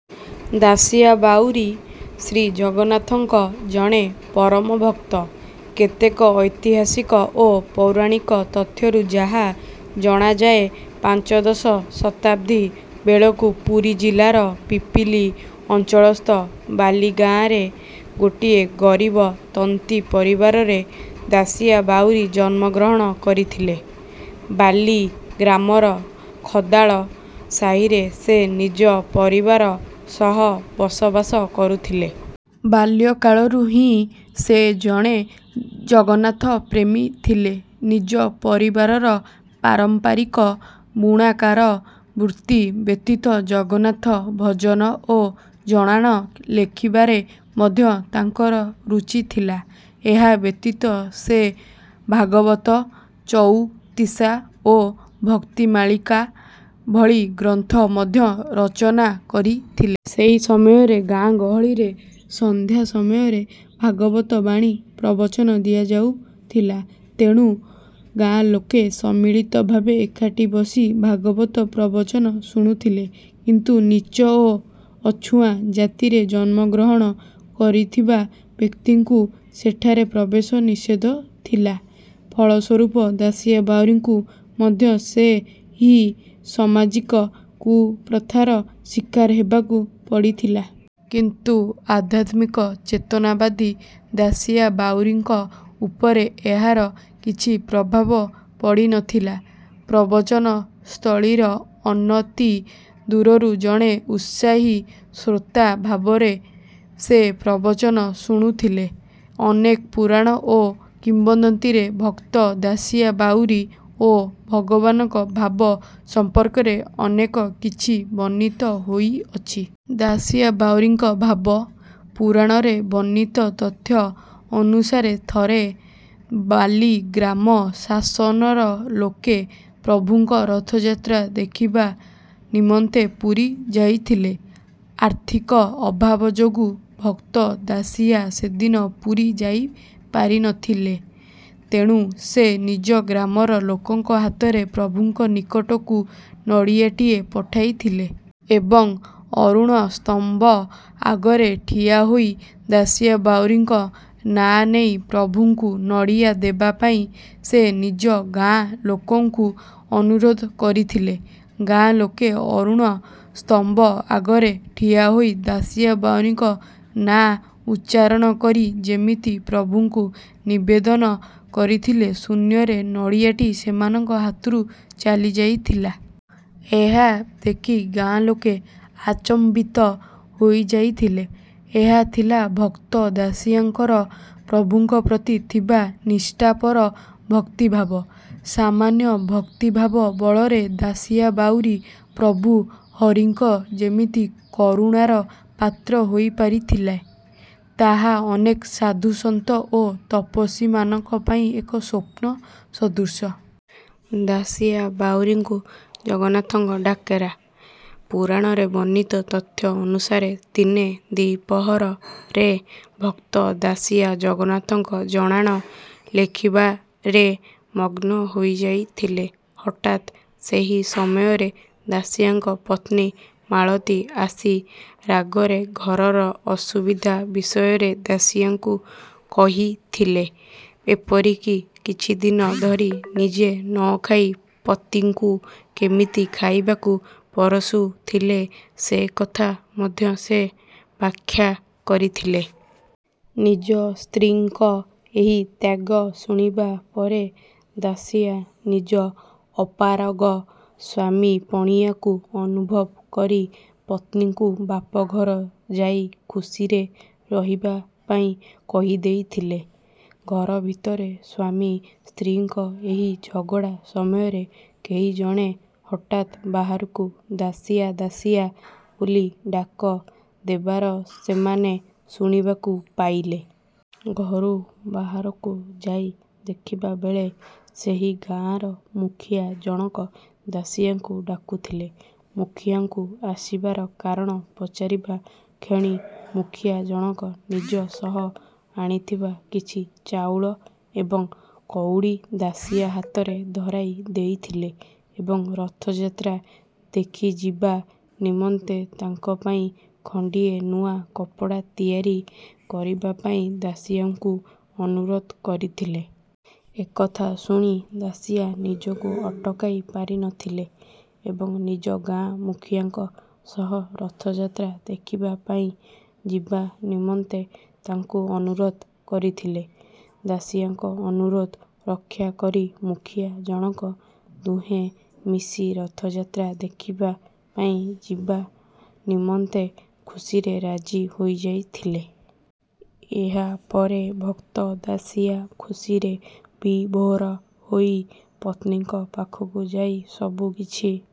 ଦାସିଆ ବାଉରୀ ଶ୍ରୀ ଜଗନ୍ନାଥଙ୍କ ଜଣେ ପରମ ଭକ୍ତ। କେତେକ ଐତିହାସିକ ଓ ପୌରାଣିକ ତଥ୍ୟରୁ ଯାହା ଜଣାଯାଏ ପଞ୍ଚଦଶ ଶତାବ୍ଦୀ ବେଳକୁ ପୁରୀ ଜିଲ୍ଲାର ପିପିଲି ଅଞ୍ଚଳସ୍ଥ ବାଲିଗାଁରେ ଗୋଟିଏ ଗରିବ ତନ୍ତୀ ପରିବାରରେ ଦାସିଆ ବାଉରୀ ଜନ୍ମଗ୍ରହଣ କରିଥିଲେ। ବାଲି ଗ୍ରାମର ଖଦାଳ ସାହିରେ ସେ ନିଜ ପରିବାର ସହ ବସବାସ କରୁଥିଲେ। ବାଲ୍ୟକାଳରୁ ହିଁ ସେ ଜଣେ ଜଗନ୍ନାଥପ୍ରେମୀ ଥିଲେ। ନିଜ ପରିବାରର ପାରମ୍ପରିକ ବୁଣାକାର ବୃତ୍ତି ବ୍ୟତୀତ ଜଗନ୍ନାଥ ଭଜନ ଓ ଜଣାଣ ଲେଖିବାରେ ମଧ୍ୟ ତାଙ୍କର ରୁଚି ଥିଲା। ଏହା ବ୍ୟତୀତ ସେ ଭାଗବତ ଚଉତିସା ଓ ଭକ୍ତିମାଳିକା ଭଳି ଗ୍ରନ୍ଥ ମଧ୍ୟ ରଚନା କରିଥିଲେ। ସେହି ସମୟରେ ଗାଁଗହଳିରେ ସନ୍ଧ୍ୟା ସମୟରେ ଭାଗବତ ବାଣୀ ପ୍ରବଚନ ଦିଆଯାଉଥିଲା। ତେଣୁ ଗାଁ ଲୋକେ ସମ୍ମିଳିତ ଭାବେ ଏକାଠି ବସି ଭାଗବତ ପ୍ରବଚନ ଶୁଣୁଥିଲେ। କିନ୍ତୁ ନୀଚ ଓ ଅଛୁଆଁ ଜାତିରେ ଜନ୍ମଗ୍ରହଣ କରିଥିବା ବ୍ୟକ୍ତିଙ୍କୁ ସେଠାରେ ପ୍ରବେଶ ନିଷେଧ ଥିଲା। ଫଳସ୍ୱରୂପ ଦାସିଆ ବାଉରୀଙ୍କୁ ମଧ୍ୟ ସେହି ସାମାଜିକ କୁପ୍ରଥାର ଶିକାର ହେବାକୁ ପଡ଼ିଥିଲା। କିନ୍ତୁ ଆଧ୍ୟାତ୍ମିକ ଚେତନାବାଦୀ ଦାସିଆ ବାଉରୀଙ୍କ ଉପରେ ଏହାର କିଛି ପ୍ରଭାବ ପଡ଼ିନଥିଲା। ପ୍ରବଚନ ସ୍ଥଳୀର ଅନତି ଦୂରରୁ ଜଣେ ଉତ୍ସାହୀ ଶ୍ରୋତା ଭାବରେ ସେ ପ୍ରବଚନ ଶୁଣୁଥିଲେ। ଅନେକ ପୁରାଣ ଓ କିମ୍ବଦନ୍ତୀରେ ଭକ୍ତ ଦାସିଆ ବାଉରୀ ଓ ଭଗବାନଙ୍କ ଭାବ ସମ୍ପର୍କରେ ଅନେକ କିଛି ବର୍ଣ୍ଣିତ ହୋଇଅଛି। ଦାସିଆ ବାଉରୀଙ୍କ ଭାବ। ପୁରାଣରେ ବର୍ଣ୍ଣିତ ତଥ୍ୟ ଅନୁସାରେ ଥରେ ବାଲି ଗ୍ରାମ ଶାସନର ଲୋକେ ପ୍ରଭୁଙ୍କ ରଥଯାତ୍ରା ଦେଖିବା ନିମନ୍ତେ ପୁରୀ ଯାଇଥିଲେ। ଆର୍ଥିକ ଅଭାବ ଯୋଗୁଁ ଭକ୍ତ ଦାସିଆ ସେଦିନ ପୁରୀ ଯାଇପାରିନଥିଲେ। ତେଣୁ ସେ ନିଜ ଗ୍ରାମର ଲୋକଙ୍କ ହାତରେ ପ୍ରଭୁଙ୍କ ନିକଟକୁ ନଡ଼ିଆଟିଏ ପଠାଇଥିଲେ। ଏବଂ ଅରୁଣ ସ୍ତମ୍ଭ ଆଗରେ ଠିଆହୋଇ ଦାସିଆ ବାଉରୀଙ୍କ ନାଁ ନେଇ ପ୍ରଭୁଙ୍କୁ ନଡ଼ିଆ ଦେବା ପାଇଁ ସେ ନିଜ ଗାଁ ଲୋକଙ୍କୁ ଅନୁରୋଧ କରିଥିଲେ। ଗାଁ ଲୋକେ ଅରୁଣ ସ୍ତମ୍ଭ ଆଗରେ ଠିଆ ହୋଇ ଦାସିଆ ବାଉରୀଙ୍କ ନାଁ ଉଚ୍ଚାରଣ କରି ଯେମିତି ପ୍ରଭୁଙ୍କୁ ନିବେଦନ କରିଥିଲେ ଶୂନ୍ୟରେ ନଡ଼ିଆଟି ସେମାନଙ୍କ ହାତରୁ ଚାଲିଯାଇଥିଲା। ଏହା ଦେଖି ଗାଁ ଲୋକେ ଆଚମ୍ବିତ ହୋଇଯାଇଥିଲେ। ଏହା ଥିଲା ଭକ୍ତ ଦାସିଆଙ୍କର ପ୍ରଭୁଙ୍କ ପ୍ରତି ଥିବା ନିଷ୍ଠାପର ଭକ୍ତିଭାବ। ସାମାନ୍ୟ ଭକ୍ତିଭାବ ବଳରେ ଦାସିଆ ବାଉରୀ ପ୍ରଭୁ ହରିଙ୍କ ଯେମିତି କରୁଣାର ପାତ୍ର ହୋଇପାରିଥିଲେ ତାହା ଅନେକ ସାଧୁ ସନ୍ଥ ଓ ତପସ୍ୱୀମାନଙ୍କ ପାଇଁ ଏକ ସ୍ୱପ୍ନ ସଦୃଶ। ଦାସିଆ ବାଉରୀଙ୍କୁ ଜଗନ୍ନାଥଙ୍କ ଡାକରା। ପୁରାଣରେ ବର୍ଣ୍ଣିତ ତଥ୍ୟ ଅନୁସାରେ ଦିନେ ଦ୍ୱିପ୍ରହରରେ ଭକ୍ତ ଦାସିଆ ଜଗନ୍ନାଥଙ୍କ ଜଣାଣ ଲେଖିବାରେ ମଗ୍ନ ହୋଇଯାଇଥିଲେ। ହଠାତ୍ ସେହି ସମୟରେ ଦାସିଆଙ୍କ ପତ୍ନୀ ମାଳତୀ ଆସି ରାଗରେ ଘରର ଅସୁବିଧା ବିଷୟରେ ଦାସିଆଙ୍କୁ କହିଥିଲେ। ଏପରିକି କିଛିଦିନ ଧରି ନିଜେ ନଖାଇ ପତିଙ୍କୁ କେମିତି ଖାଇବାକୁ ପରସୁଥିଲେ ସେ କଥା ମଧ୍ୟ ସେ ବ୍ୟାଖ୍ୟା କରିଥିଲେ। ନିଜ ସ୍ତ୍ରୀଙ୍କ ଏହି ତ୍ୟାଗ ଶୁଣିବା ପରେ ଦାସିଆ ନିଜ ଅପାରଗ ସ୍ୱାମୀପଣିଆକୁ ଅନୁଭବ କରି ପତ୍ନୀଙ୍କୁ ବାପଘର ଯାଇ ଖୁସିରେ ରହିବା ପାଇଁ କହିଦେଇଥିଲେ। ଘର ଭିତରେ ସ୍ୱାମୀ ସ୍ତ୍ରୀଙ୍କ ଏହି ଝଗଡ଼ା ସମୟରେ କେହି ଜଣେ ହଠାତ୍ ବାହାରୁ ଦାସିଆ ଦାସିଆ ବୋଲି ଡାକ ଦେବାର ସେମାନେ ଶୁଣିବାକୁ ପାଇଲେ। ଘରୁ ବାହାରକୁ ଯାଇ ଦେଖିବା ବେଳେ ସେହି ଗାଁର ମୁଖିଆ ଜଣକ ଦାସିଆଙ୍କୁ ଡାକୁଥିଲେ। ମୁଖିଆଙ୍କୁ ଆସିବାର କାରଣ ପଚାରିବା କ୍ଷଣି ମୁଖିଆ ଜଣକ ନିଜ ସହ ଆଣିଥିବା କିଛି ଚାଉଳ ଏବଂ କଉଡ଼ି ଦାସିଆ ହାତରେ ଧରାଇ ଦେଇଥିଲେ ଏବଂ ରଥଯାତ୍ରା ଦେଖିଯିବା ନିମନ୍ତେ ତାଙ୍କ ପାଇଁ ଖଣ୍ଡିଏ ନୂଆ କପଡ଼ା ତିଆରି କରିବା ପାଇଁ ଦାସିଆଙ୍କୁ ଅନୁରୋଧ କରିଥିଲେ। ଏ କଥା ଶୁଣି ଦାସିଆ ନିଜକୁ ଅଟକାଇ ପାରିନଥିଲେ ଏବଂ ନିଜ ଗାଁ ମୁଖିଆଙ୍କ ସହ ରଥଯାତ୍ରା ଦେଖିବା ପାଇଁ ଯିବା ନିମନ୍ତେ ତାଙ୍କୁ ଅନୁରୋଧ କରିଥିଲେ। ଦାସିଆଙ୍କ ଅନୁରୋଧ ରକ୍ଷା କରି ମୁଖିଆ ଜଣକ ଦୁହେଁ ମିଶି ରଥଯାତ୍ରା ଦେଖିବା ପାଇଁ ଯିବା ନିମନ୍ତେ ଖୁସିରେ ରାଜି ହୋଇଯାଇଥିଲେ। ଏହା ପରେ ଭକ୍ତ ଦାସିଆ ଖୁସିରେ ବିଭୋର ହୋଇ ପତ୍ନୀଙ୍କ ପାଖକୁ ଯାଇ ସବୁ କିଛି